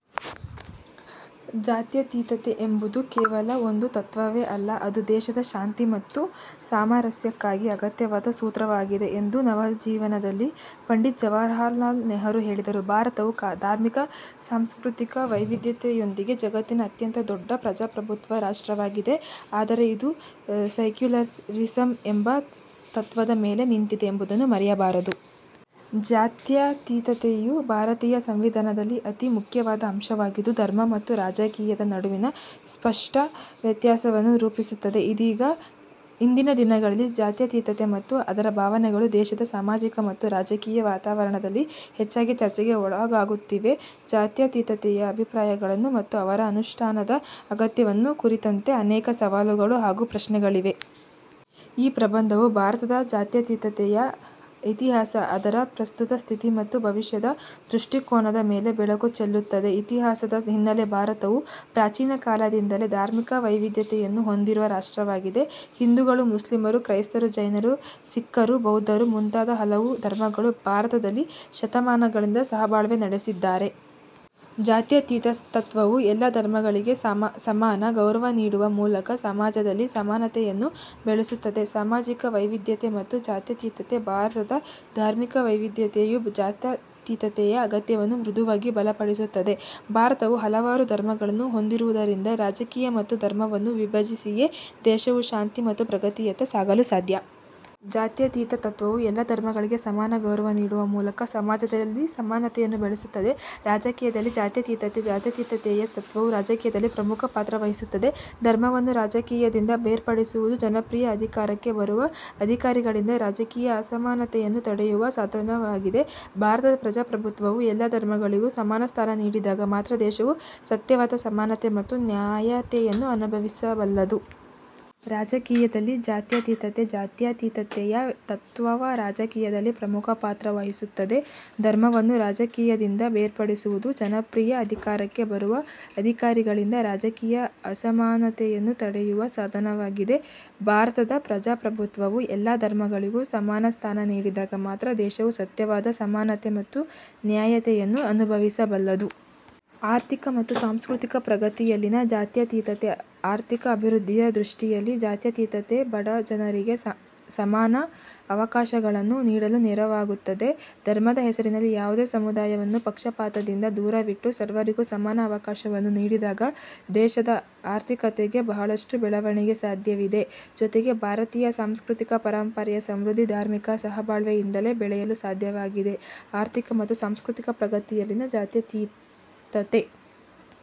"ಜಾತ್ಯತೀತತೆ ಎಂಬುದು ಕೇವಲ ಒಂದು ತತ್ವವೇ ಅಲ್ಲ, ಅದು ದೇಶದ ಶಾಂತಿ ಮತ್ತು ಸಾಮರಸ್ಯಕ್ಕಾಗಿ ಅಗತ್ಯವಾದ ಸೂತ್ರವಾಗಿದೆ" ಎಂದು ನವಜೀವನದಲ್ಲಿ ಪಂಡಿತ್ ಜವಾಹರಲಾಲ್ ನೆಹರು ಹೇಳಿದರು. ಭಾರತವು ಧಾರ್ಮಿಕ, ಸಾಂಸ್ಕೃತಿಕ ವೈವಿಧ್ಯತೆಯೊಂದಿಗೆ ಜಗತ್ತಿನ ಅತ್ಯಂತ ದೊಡ್ಡ ಪ್ರಜಾಪ್ರಭುತ್ವ ರಾಷ್ಟ್ರವಾಗಿದೆ. ಆದರೆ, ಇದು ಸೈಕ್ಯುಲರಿಸಂ ಎಂಬ ತತ್ವದ ಮೇಲೆ ನಿಂತಿದೆ ಎಂಬುದನ್ನು ಮರೆಯಬಾರದು. ಜಾತ್ಯತೀತತೆಯು ಭಾರತೀಯ ಸಂವಿಧಾನದಲ್ಲಿ ಅತಿ ಮುಖ್ಯವಾದ ಅಂಶವಾಗಿದ್ದು, ಧರ್ಮ ಮತ್ತು ರಾಜಕೀಯದ ನಡುವಿನ ಸ್ಪಷ್ಟ ವ್ಯತ್ಯಾಸವನ್ನು ರೂಪಿಸುತ್ತದೆ. ಇಂದಿನ ದಿನಗಳಲ್ಲಿ, ಜಾತ್ಯತೀತತೆ ಮತ್ತು ಅದರ ಭಾವನೆಗಳು ದೇಶದ ಸಾಮಾಜಿಕ ಮತ್ತು ರಾಜಕೀಯ ವಾತಾವರಣದಲ್ಲಿ ಹೆಚ್ಚಾಗಿ ಚರ್ಚೆಗೆ ಒಳಗಾಗುತ್ತಿವೆ. ಜಾತ್ಯತೀತತೆಯ ಅಭಿಪ್ರಾಯಗಳನ್ನು ಮತ್ತು ಅವರ ಅನುಷ್ಠಾನದ ಅಗತ್ಯವನ್ನು ಕುರಿತಂತೆ ಅನೇಕ ಸವಾಲುಗಳು ಹಾಗೂ ಪ್ರಶ್ನೆಗಳಿವೆ. ಈ ಪ್ರಬಂಧವು ಭಾರತದ ಜಾತ್ಯತೀತತೆಯ ಇತಿಹಾಸ, ಅದರ ಪ್ರಸ್ತುತ ಸ್ಥಿತಿ ಮತ್ತು ಭವಿಷ್ಯದ ದೃಷ್ಟಿಕೋನದ ಮೇಲೆ ಬೆಳಕು ಚೆಲ್ಲುತ್ತದೆ. ಇತಿಹಾಸದ ಹಿನ್ನಲೆ ಭಾರತವು ಪ್ರಾಚೀನ ಕಾಲದಿಂದಲೇ ಧಾರ್ಮಿಕ ವೈವಿಧ್ಯತೆಯನ್ನು ಹೊಂದಿರುವ ರಾಷ್ಟ್ರವಾಗಿದೆ. ಹಿಂದೂಗಳು, ಮುಸ್ಲಿಮರು, ಕ್ರೈಸ್ತರು, ಜೈನರು, ಸಿಖ್ಕರು, ಬೌದ್ಧರು ಮುಂತಾದ ಹಲವು ಧರ್ಮಗಳು ಭಾರತದಲ್ಲಿ ಶತಮಾನಗಳಿಂದ ಸಹಬಾಳ್ವೆ ನಡೆಸಿದ್ದಾರೆ. ಜಾತ್ಯತೀತ ತತ್ವವು ಎಲ್ಲ ಧರ್ಮಗಳಿಗೆ ಸಮಾನ ಗೌರವ ನೀಡುವ ಮೂಲಕ ಸಮಾಜದಲ್ಲಿ ಸಮಾನತೆಯನ್ನು ಬೆಳೆಸುತ್ತದೆ. ಸಾಮಾಜಿಕ ವೈವಿಧ್ಯತೆ ಮತ್ತು ಜಾತ್ಯತೀತತೆ ಭಾರತದ ಧಾರ್ಮಿಕ ವೈವಿಧ್ಯತೆಯು ಜಾತ್ಯತೀತತೆಯ ಅಗತ್ಯವನ್ನು ಮೃದುವಾಗಿ ಬಲಪಡಿಸುತ್ತದೆ. ಭಾರತವು ಹಲವಾರು ಧರ್ಮಗಳನ್ನು ಹೊಂದಿರುವುದರಿಂದ, ರಾಜಕೀಯ ಮತ್ತು ಧರ್ಮವನ್ನು ವಿಭಜಿಸಿಯೇ ದೇಶವು ಶಾಂತಿ ಮತ್ತು ಪ್ರಗತಿಯತ್ತ ಸಾಗಲು ಸಾಧ್ಯ. ಜಾತ್ಯತೀತ ತತ್ವವು ಎಲ್ಲ ಧರ್ಮಗಳಿಗೆ ಸಮಾನ ಗೌರವ ನೀಡುವ ಮೂಲಕ ಸಮಾಜದಲ್ಲಿ ಸಮಾನತೆಯನ್ನು ಬೆಳೆಸುತ್ತದೆ. ರಾಜಕೀಯದಲ್ಲಿ ಜಾತ್ಯತೀತತೆ ಜಾತ್ಯತೀತತೆಯ ತತ್ವವು ರಾಜಕೀಯದಲ್ಲಿ ಪ್ರಮುಖ ಪಾತ್ರ ವಹಿಸುತ್ತದೆ. ಧರ್ಮವನ್ನು ರಾಜಕೀಯದಿಂದ ಬೇರ್ಪಡಿಸುವುದು ಜನಪ್ರಿಯ ಅಧಿಕಾರಕ್ಕೆ ಬರುವ ಅಧಿಕಾರಿಗಳಿಂದ ರಾಜಕೀಯ ಅಸಮಾನತೆಯನ್ನು ತಡೆಯುವ ಸಾಧನವಾಗಿದೆ. ಭಾರತದ ಪ್ರಜಾಪ್ರಭುತ್ವವು ಎಲ್ಲ ಧರ್ಮಗಳಿಗೂ ಸಮಾನ ಸ್ಥಾನ ನೀಡಿದಾಗ ಮಾತ್ರ ದೇಶವು ಸತ್ಯವಾದ ಸಮಾನತೆ ಮತ್ತು ನ್ಯಾಯತೆಯನ್ನು ಅನುಭವಿಸಬಲ್ಲದು. ರಾಜಕೀಯದಲ್ಲಿ ಜಾತ್ಯತೀತತೆ ಜಾತ್ಯತೀತತೆಯ ತತ್ವವು ರಾಜಕೀಯದಲ್ಲಿ ಪ್ರಮುಖ ಪಾತ್ರ ವಹಿಸುತ್ತದೆ. ಧರ್ಮವನ್ನು ರಾಜಕೀಯದಿಂದ ಬೇರ್ಪಡಿಸುವುದು ಜನಪ್ರಿಯ ಅಧಿಕಾರಕ್ಕೆ ಬರುವ ಅಧಿಕಾರಿಗಳಿಂದ ರಾಜಕೀಯ ಅಸಮಾನತೆಯನ್ನು ತಡೆಯುವ ಸಾಧನವಾಗಿದೆ. ಭಾರತದ ಪ್ರಜಾಪ್ರಭುತ್ವವು ಎಲ್ಲ ಧರ್ಮಗಳಿಗೂ ಸಮಾನ ಸ್ಥಾನ ನೀಡಿದಾಗ ಮಾತ್ರ ದೇಶವು ಸತ್ಯವಾದ ಸಮಾನತೆ ಮತ್ತು ನ್ಯಾಯತೆಯನ್ನು ಅನುಭವಿಸಬಲ್ಲದು. ಆರ್ಥಿಕ ಮತ್ತು ಸಾಂಸ್ಕೃತಿಕ ಪ್ರಗತಿಯಲ್ಲಿನ ಜಾತ್ಯತೀತತೆ ಆರ್ಥಿಕ ಅಭಿವೃದ್ಧಿಯ ದೃಷ್ಟಿಯಲ್ಲಿ, ಜಾತ್ಯತೀತತೆ ಬಡಜನರಿಗೆ ಸಮಾನ ಅವಕಾಶಗಳನ್ನು ನೀಡಲು ನೆರವಾಗುತ್ತದೆ. ಧರ್ಮದ ಹೆಸರಿನಲ್ಲಿ ಯಾವುದೇ ಸಮುದಾಯವನ್ನು ಪಕ್ಷಪಾತದಿಂದ ದೂರವಿಟ್ಟು, ಸರ್ವರಿಗೂ ಸಮಾನ ಅವಕಾಶವನ್ನು ನೀಡಿದಾಗ, ದೇಶದ ಆರ್ಥಿಕತೆಗೆ ಬಹಳಷ್ಟು ಬೆಳವಣಿಗೆ ಸಾಧ್ಯವಿದೆ. ಜೊತೆಗೆ, ಭಾರತೀಯ ಸಾಂಸ್ಕೃತಿಕ ಪರಂಪರೆಯ ಸಮೃದ್ಧಿ, ಧಾರ್ಮಿಕ ಸಹಬಾಳ್ವೆಯಿಂದಲೇ ಬೆಳೆಯಲು ಸಾಧ್ಯವಾಗಿದೆ. ಆರ್ಥಿಕ ಮತ್ತು ಸಾಂಸ್ಕೃತಿಕ ಪ್ರಗತಿಯಲ್ಲಿನ ಜಾತ್ಯತೀತತೆ